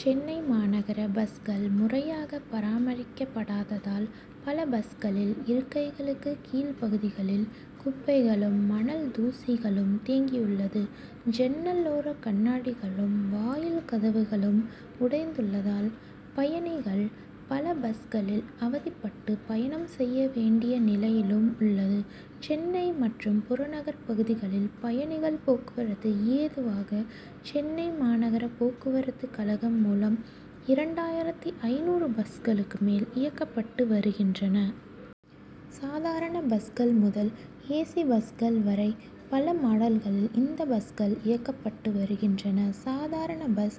சென்னை மாநகர பஸ்கள், முறையாக பராமரிக்கப்படாததால், பல பஸ்களில், இருக்கைகளுக்கு கீழ்பகுதிகளில், குப்பைகளும், மணல் தூசிகளும், தேங்கியுள்ளது. ஜன்னலோர கண்ணாடிகளும், வாயில் கதவுகளும் உடைந்துள்ளதால், பயணிகள் பல பஸ்களில், அவதிப்பட்டு பயணம் செய்ய வேண்டிய நிலையும் உள்ளது. சென்னை மற்றும் புறநகர் பகுதிகளில், பயணிகள் போக்குவரத்துக்கு ஏதுவாக, சென்னை மாநகர போக்குவரத்து கழகம் மூலம், இரண்டாயிரத்து ஐந்நூறு பஸ் களுக்கு மேல், இயக்கப்பட்டு வருகின்றன. சாதாரண பஸ்கள் முதல், "ஏசி' பஸ்கள் வரை, பல மாடல்களில், இந்த பஸ்கள் இயக்கப்பட்டு வருகின்றன. சாதாரண bus,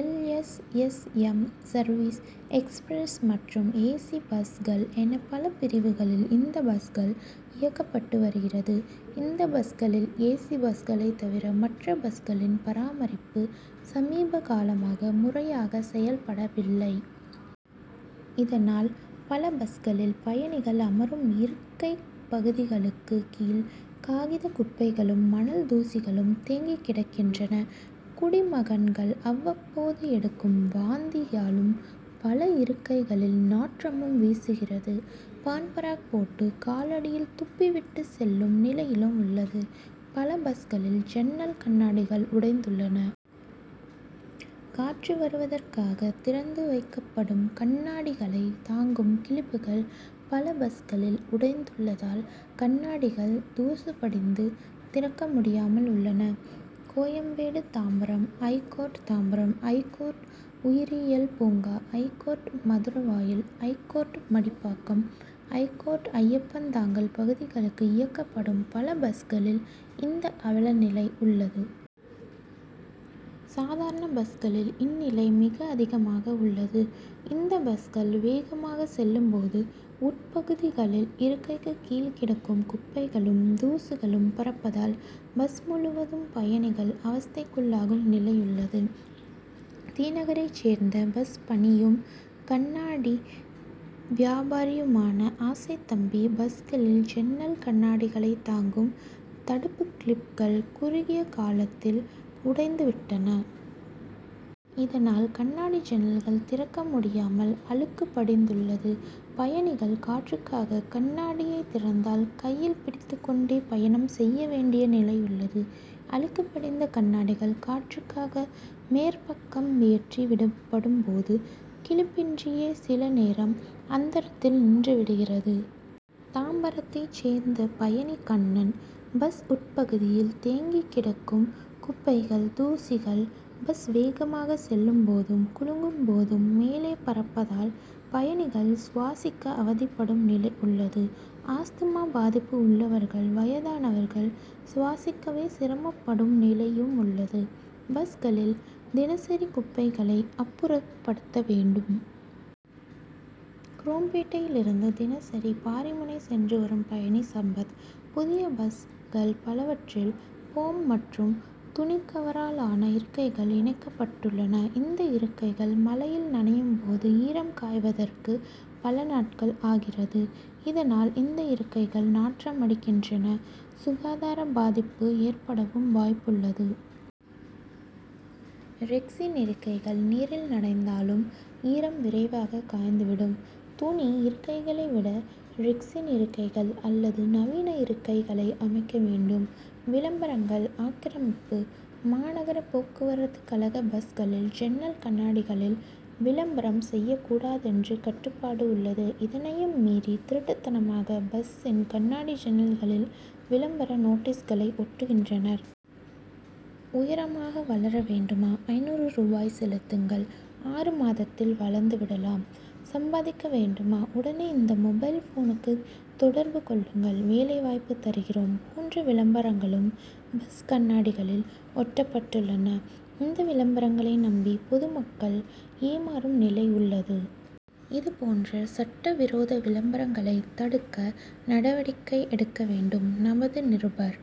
L. S. S., M., service, express மற்றும் ஏசி பஸ்கள் என பல பிரிவுகளில், இந்த பஸ்கள் இயக்கப்பட்டு வருகிறது. இந்த பஸ்களில் ஏசி பஸ்களை தவிர, மற்ற பஸ்களின் பராமரிப்பு, சமீபகாலமாக முறையாக செய்யப்படவில்லை. இதனால் பல பஸ்களில், பயணிகள் அமரும் இருக்கை பகுதிகளுக்கு கீழ், காகித குப்பைகளும், மணல் தூசிகளும், தேங்கி கிடக் கின்றன. குடிமகன்கள் அவ்வப்போது எடுக்கும் வாந்தியாலும், பல இருக்கைகளில் நாற்றமும் வீசுகிறது. பான்பராக் போட்டு, காலடியில் துப்பிவிட்டு செல்லும், நிலையும் உள்ளது. பல பஸ்களில், ஜன்னல் கண்ணாடி கள் உடைந்துள்ளன. காற்று வருவ தற்காக, திறந்து வைக்கப்படும் கண் ணாடிகளை தாங்கும் கிளிப்புகள், பல பஸ்களில் உடைந்துள்ளதால், கண்ணாடிகள் தூசு படிந்து, திறக்க முடியாமல் உள்ளன. கோயம்பேடு தாம்பரம், ஐகோர்ட் தாம்பரம், ஐகோர்ட் உயிரியல் பூங்கா, ஐகோர்ட் மதுர வாயல், ஐகோர்ட்-மடிப்பாக்கம், ஐகோர்ட் ஐயப்பன்தாங்கல் பகுதிகளுக்கு இயக்கப்படும் பல பஸ்களில், இந்த அவல நிலை உள்ளது. சாதாரண பஸ் களில், இந்நிலை மிக அதிகமாக உள்ளது. இந்த பஸ்கள், வேகமாக செல்லும் போது, உட்பகுதிகளில் இருக்கைக்கு கீழ் கிடக்கும் குப்பைகளும், தூசுகளும் பறப்பதால், பஸ் முழுவதும் பயணிகள் அவஸ்தைக் குள்ளாகும் நிலையுள்ளது. தி. நகரை சேர்ந்த பஸ் பணியும், கண்ணாடி வியாபாரியுமான ஆசைத் தம்பி: பஸ்களில், ஜன்னல் கண்ணாடிகளை தாங்கும் தடுப்பு கிளிப்புகள், குறுகிய காலத்தில் உடைந்து விட்டன. இதனால், கண்ணாடி ஜன்னல்கள் திறக்க முடியாமல், அழுக்கு படிந்துள்ளது. பயணிகள் காற்றுக்காக கண்ணாடியை திறந்தால், கையில் பிடித்து கொண்டே, பயணம் செய்ய வேண்டிய நிலை உள்ளது. அழுக்கு படிந்த கண்ணாடிகள், காற்றுக்காக மேற்பக்கம் ஏற்றி விடப்படும் போது, கிளிப்பின்றியே சில நேரம், அந்தரத்தில் நின்று விடுகிறது. தாம்பரத்தை சேர்ந்த பயணி கண்ணன்: பஸ் உட்பகுதியில், தேங்கி கிடக்கும் குப்பைகள், தூசிகள் பஸ் வேகமாக செல்லும் போதும், குலுங்கும் போதும், மேலே பறப்பதால், பயணிகள் சுவாசிக்க அவதிப்படும் நிலை உள்ளது. ஆஸ்துமா பாதிப்பு உள்ளவர்கள், வயதானவர்கள், சுவாசிக்கவே சிரமப்படும் நிலையும் உள்ளது. பஸ்களில் தினசரி குப்பைகளை, அப்புறப்படுத்த வேண்டும். குரோம்பேட்டையிலிருந்து, தினசரி பாரிமுனை சென்று வரும் பயணி சம்பத்: புதிய பஸ்கள் பலவற்றில், போம்' மற்றும் துணிக்கவராலான இருக்கைகள் இணைக்கப்பட் டுள்ளன. இந்த இருக்கைகள் மழையில் நனையும் போது, ஈரம் காய்வதற்கு, பல நாட்கள் ஆகிறது. இதனால், இந்த இருக்கைகள் நாற்றமடிக் கின்றன. சுகாதார பாதிப்பு ஏற் படவும் வாய்ப்புள்ளது. ரெக்சின் இருக்கைகள் நீரில் நனைத்தாலும், ஈரம் விரைவாக காய்ந்து விடும். துணி இருக்கைகளை விட, ரெக்சின் இருக்கைகள் அல்லது நவீன இருக்கைகளை அமைக்க வேண்டும். விளம்பரங்கள் ஆக்கிரமிப்பு: மாநகர போக்குவரத்து கழக பஸ்களில், ஜன்னல் கண்ணாடிகளில், விளம்பரம் செய்யக் கூடாதென்று கட்டுப்பாடு உள்ளது. இதனையும் மீறி திருட்டுத்தனமாக, பஸ்சின் கண்ணாடி ஜன்னல்களில், விளம்பர நோட்டீஸ்களை ஒட்டுகின்றனர். உயரமாக வளர வேண்டுமா ஐந்நூறு ரூபாய் செலுத்துங்கள், ஆறு மாதத்தில் வளர்ந்து விடலாம், சம்பாதிக்க வேண்டுமா உடனே, இந்த மொபைல் போனுக்கு தொடர்பு கொள்ளுங்கள், வேலை வாய்ப்பு தருகிறோம்' போன்ற விளம்பரங்களும், பஸ் கண்ணாடிகளில் ஒட்டப்பட்டுள்ளன. இந்த விளம்பரங்களை நம்பி, பொதுமக்கள் ஏமாறும் நிலை உள்ளது. இதுபோன்ற சட்ட விரோத விளம்பரங்களை தடுக்க, நடவடிக்கை எடுக்க வேண்டும். -நமது நிருபர்-